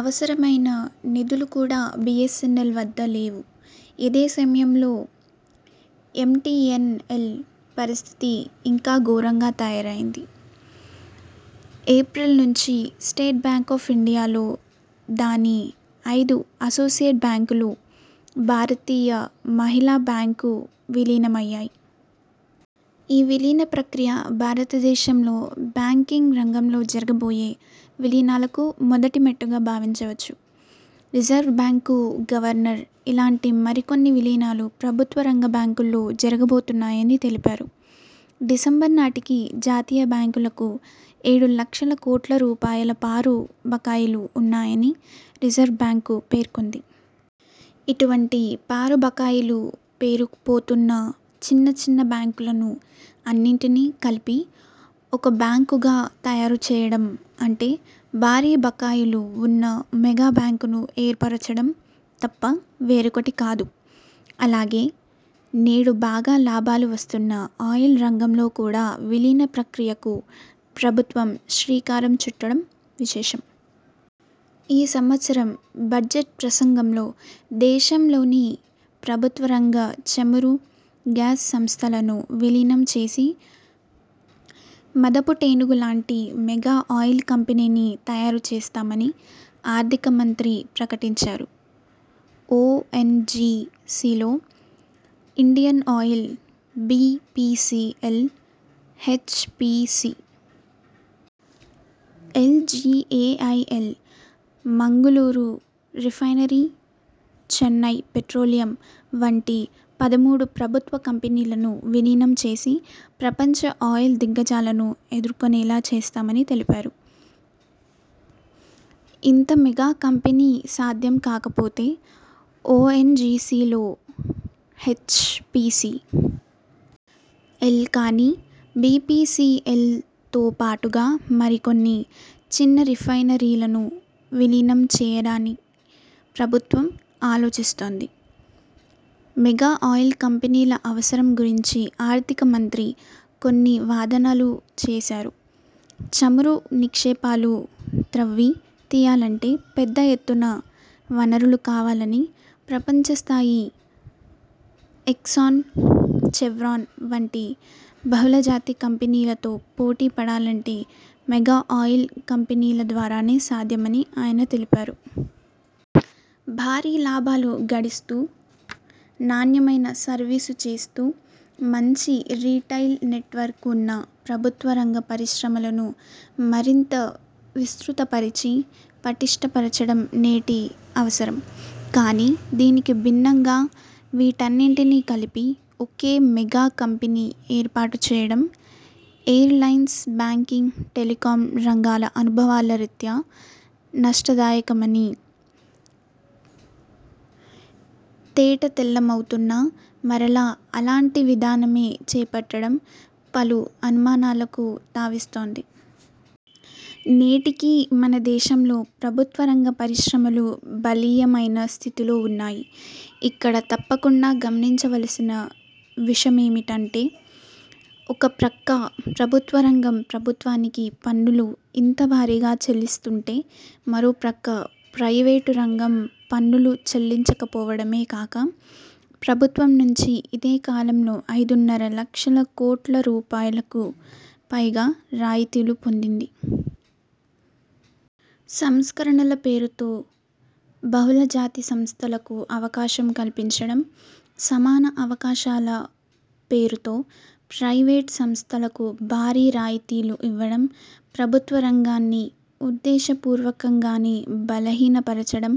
అవసరమైన నిధులు కూడా బి. ఎస్. ఎన్. ఎల్ వద్ద లేవు. ఇదే సమయంలో ఎం. టి. ఎన్. ఎల్ పరిస్థితి ఇంకా ఘోరంగా తయారైంది. ఏప్రిల్ నుంచి స్టేట్ బ్యాంక్ ఆఫ్ ఇండియాలో దాని ఐదు అసోసియేట్ బ్యాంకులు, భారతీయ మహిళా బ్యాంకు విలీనమయ్యాయి. ఈ విలీన ప్రక్రియ భారతదేశంలో బ్యాంకింగ్ రంగంలో జరగబోయే విలీనాలకు మొదటి మెట్టుగా భావించవచ్చు. రిజర్వ్ బ్యాంకు గవర్నర్ ఇలాంటి మరికొన్ని విలీనాలు ప్రభుత్వరంగ బ్యాంకుల్లో జరగబోతున్నాయని తెలిపారు. డిసెంబర్ నాటికి జాతీయ బ్యాంకులకు ఏడు లక్షల కోట్ల రూపాయల పారు బకాయిలు ఉన్నాయని రిజర్వ్ బ్యాంకు పేర్కొంది. ఇటువంటి పారు బకాయిలు పేరుకుపోతున్న చిన్న చిన్న బ్యాంకులను అన్నింటిని కలిపి ఒక బ్యాంకుగా తయారు చేయడం అంటే భారీ బకాయిలు వున్న మెగా బ్యాంకును ఏర్పరచడం తప్ప వేరొకటి కాదు. అలాగే, నేడు బాగా లాభాలు వస్తున్న ఆయిల్ రంగంలో కూడా విలీన ప్రక్రియకు ప్రభుత్వం శ్రీకారం చుట్టడం విశేషం. ఈ సంవత్సరం బడ్జెట్ ప్రసంగంలో దేశంలోని ప్రభుత్వరంగ చమురు, గ్యాస్ సంస్థలను విలీనం చేసి మదపుటేనుగులాంటి మెగా ఆయిల్ కంపెనీని తయారు చేస్తామని ఆర్ధిక మంత్రి ప్రకటించారు. ఒ. ఎన్. జి. సిలో Indian Oil, B. P. C. L, H. P. C. L, G. A. I. L, Mangalore refinery, Chennai petroleum వంటి పదమూడు ప్రభుత్వ కంపెనీలను విలీనం చేసి ప్రపంచ ఆయిల్ దిగ్గజాలను ఎదుర్కొనేలా చేస్తామని తెలిపారు. ఇంత మెగా కంపెనీ సాధ్యం కాకపోతే, ఒ. ఎన్. జి. సిలో హెచ్. పి. సి. ఎల్ కాని, బి. పి. సి. ఎల్ తోపాటుగా మరికొన్ని చిన్న రిఫైనరీలను విలీనం చేయాని ప్రభుత్వం ఆలోచిస్తోంది. మెగా ఆయిల్ కంపెనీల అవసరం గురించి ఆర్ధిక మంత్రి కొన్ని వాదనలు చేశారు. చమురు నిక్షేపాలు త్రవ్వి తీయాలంటే పెద్దఎత్తున వనరులు కావాలని, ప్రపంచస్థాయి ఎక్సాన్, చెవ్రాన్ వంటి బహుళజాతి కంపెనీలతో పోటీ పడాలంటే మెగా ఆయిల్ కంపెనీల ద్వారానే సాధ్యమని ఆయన తెలిపారు. భారీ లాభాలు గడిస్తూ, నాణ్యమైన సర్వీసు చేస్తూ, మంచి రిటైల్ నెట్వర్క్ వున్న ప్రభుత్వరంగ పరిశ్రమలను మరింత విస్తృతపరిచి పటిష్టపరచడం నేటి అవసరం. కాని దీనికి భిన్నంగా వీటన్నింటినీ కలిపి ఒకే మెగా కంపెనీ ఏర్పాటు చేయడం ఎయిర్లైన్స్, బ్యాంకింగ్, టెలికాం రంగాల అనుభవాల రీత్యా నష్టదాయకమని తేటతెల్లమవుతున్నా మరలా అలాంటి విధానమే చేపట్టడం పలు అనుమానాలకు తావిస్తోంది. నేటికీ మన దేశంలో ప్రభుత్వరంగ పరిశ్రమలు బలీయమైన స్థితిలో వున్నాయి. ఇక్కడ తప్పకుండా గమనించవలసిన విషమేమిటంటే ఒక ప్రక్క ప్రభుత్వరంగం ప్రభుత్వానికి పన్నులు ఇంత భారీగా చెల్లిస్తుంటే మరో ప్రక్క ప్రైవేట్ రంగం పన్నులు చెల్లించకపోవడమే కాక ప్రభుత్వం నుంచి ఇదే కాలంలో ఐదున్నర లక్షల కోట్ల రూపాయలకు పైగా రాయితీలు పొందింది. సంస్కరణల పేరుతో బహుళజాతి సంస్థలకు అవకాశం కల్పించడం, సమాన అవకాశాలు పేరుతో ప్రైవేట్ సంస్థలకు భారీ రాయితీలు ఇవ్వడం, ప్రభుత్వరంగాన్ని ఉద్దేశపూర్వకంగానే బలహీనపరచడం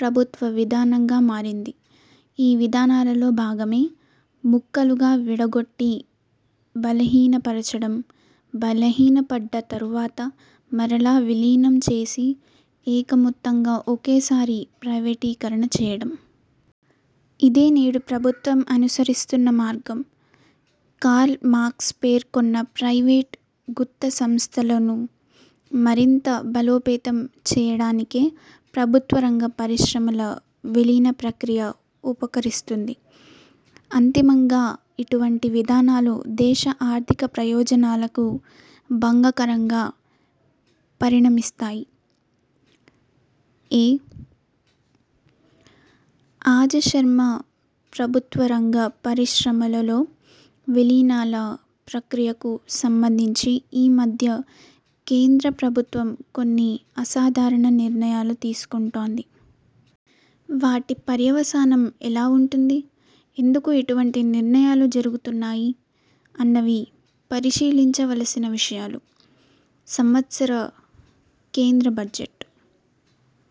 ప్రభుత్వ విధానంగా మారింది. ఈ విధానాలలో భాగమే ముక్కలుగా విడగొట్టి బలహీనపరచడం, బలహీనపడ్డ తరువాత మరలా విలీనం చేసి ఏకమొత్తంగా ఒకేసారి ప్రైవేటీకరణ చేయడం. ఇదే నేడు ప్రభుత్వం అనుసరిస్తున్న మార్గం. కార్ల్ మార్క్స్ పేర్కొన్న ప్రైవేట్ గుత్త సంస్థలను మరింత బలోపేతం చేయడానికే ప్రభుత్వరంగ పరిశ్రమల విలీన ప్రక్రియ ఉపకరిస్తుంది. అంతిమంగా ఇటువంటి విధానాలు దేశ ఆర్ధిక ప్రయోజనాలకు భంగకరంగా పరిణమిస్తాయి. -ఎ. అజశర్మప్రభుత్వరంగ పరిశ్రమలలో విలీనాల ప్రక్రియకు సంబంధించి ఈ మధ్య కేంద్ర ప్రభుత్వం కొన్ని అసాధారణ నిర్ణయాలు తీసుకుంటోంది. వాటి పర్యవసానం ఎలా వుంటుంది? ఎందుకు ఇటువంటి నిర్ణయాలు జరుగుతున్నాయి? అన్నవి పరిశీలించవలసిన విషయాలు. సంవత్సర కేంద్ర బడ్జెట్